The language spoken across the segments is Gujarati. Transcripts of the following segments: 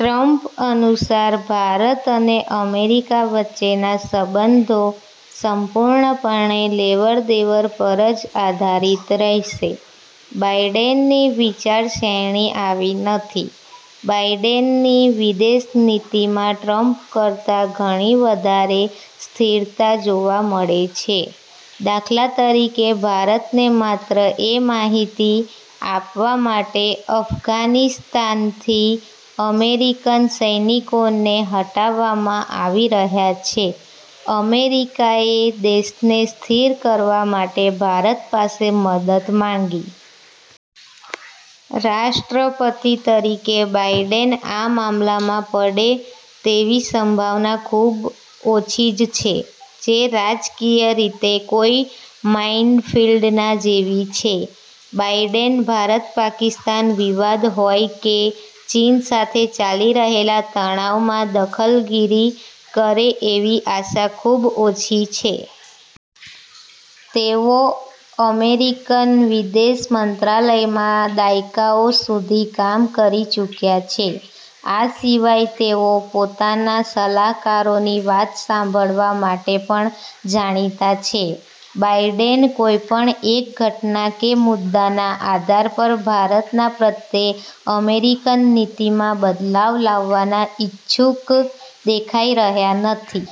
ટ્રમ્પ અનુસાર ભારત અને અમેરિકા વચ્ચેના સંબંધો સંપૂર્ણપણે લેવડ-દેવડ પર જ આધારિત રહેશે. બાઇડેનની વિચારશ્રેણી આવી નથી. બાઇડેનની વિદેશ નીતિમાં ટ્રમ્પ કરતા ઘણી વધારે સ્થિરતા જોવા મળે છે. દાખલા તરીકે ભારતને માત્ર એ માહિતી આપવા માટે અફઘાનિસ્તાનથી અમેરિકન સૈનિકોને હટાવામાં આવી રહ્યા છે, અમેરિકા એ દેશને સ્થિર કરવા માટે ભારત પાસે મદદ માંગી. રાષ્ટ્રપતિ તરીકે બાઇડેન આ મામલામાં પડે તેવી સંભાવના ખુબ ઓછી જ છે, જે રાજકીય રીતે કોઇ માઇનફીલ્ડના જેવી છે. બાઇડેન ભારત-પાકિસ્તાન વિવાદ હોય કે ચીન સાથે ચાલી રહેલા તણાવમાં દખલગીરી કરે એવી આશા ખુબ ઓછી છે. તેઓ અમેરિકન વિદેશ મંત્રાલયમાં દાયકાઓ સુધી કામ કરી ચૂકયા છે. આ સિવાય તેઓ પોતાના સલાહકારોની વાત સાંભળવા માટે પણ જાણીતા છે. બાઇડેન કોઇપણ એક ઘટના કે મુદ્દાના આધાર પર ભારતના પ્રત્યે અમેરિકન નીતિમાં બદલાવ લાવવાના ઇચ્છુક દેખાઈ રહ્યા નથી.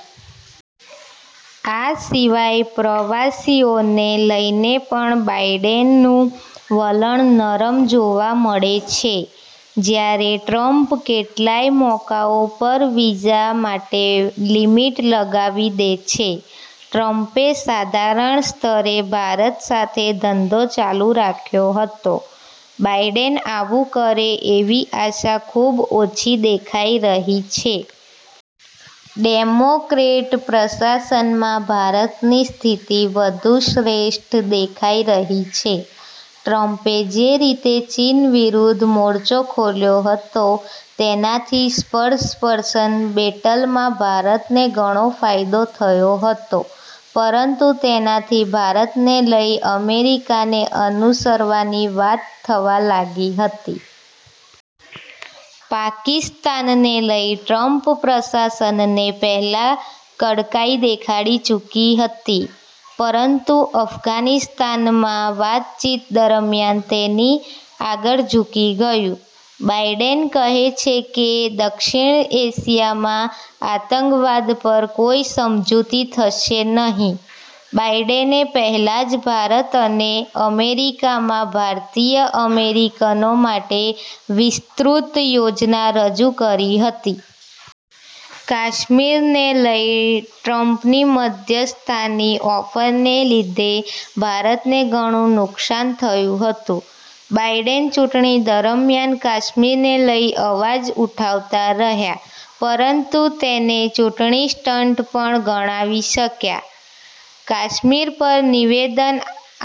આ સિવાય પ્રવાસીઓને લઇને પણ બાઇડેનનું વલણ નરમ જોવા મળે છે, જ્યારે ટ્રમ્પ કેટલાંય મોકાઓં પર વીઝા માટે લિમિટ લગાવી દે છે. ટ્રમ્પે સાધારણ સ્તરે ભારત સાથે ધંધો ચાલુ રાખ્યો હતો. બાઇડેન આવું કરે એવી આશા ખુબ ઓછી દેખાઈ રહી છે. ડેમોક્રેટ પ્રશાસનમાં ભારતની સ્થિતિ વધુ શ્રેષ્ઠ દેખાઇ રહી છે. ટ્રમ્પે જે રીતે ચીન વિરુદ્ધ મોરચો ખોલ્યો હતો તેનાથી પર્સેપ્શન બેટલમાં ભારતને ઘણો ફાયદો થયો હતો, પરંતુ તેનાથી ભારતને લઇ અમેરિકાને અનુસરવાની વાત થવા લાગી હતી. પાકિસ્તાનને લઇ ટ્રમ્પ પ્રશાસનને પહેલાં કડકાઇ દેખાડી ચુકી હતી, પરંતુ અફઘાનિસ્તાનમાં વાતચીત દરમિયાન તેની આગળ ઝૂકી ગયું. બાઇડેન કહે છે કે, દક્ષિણ એશિયામાં આતંકવાદ પર કોઇ સમજૂતી થશે નહીં. બાઇડેને પહેલાં જ ભારત અને અમેરિકામાં ભારતીય-અમેરિકનો માટે વિસ્તૃત યોજના રજુ કરી હતી. કાશ્મીરને લઇ ટ્રમ્પની મધ્યસ્થતાની ઓફરને લીધે ભારતને ઘણું નુકશાન થયું હતું. બાઇડેન ચુંટણી દરમિયાન કાશ્મીરને લઇ અવાજ ઉઠાવતા રહ્યા, પરંતુ તેને ચૂંટણી સ્ટંટ પણ ગણાવી શકાય. કાશ્મીર પર નિવેદન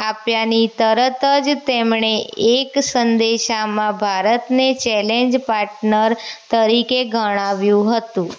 આપ્યાની તરત જ તેમણે એક સંદેશમાં ભારતને 'નેચરલ પાર્ટનર' તરીકે ગણાવ્યું હતું.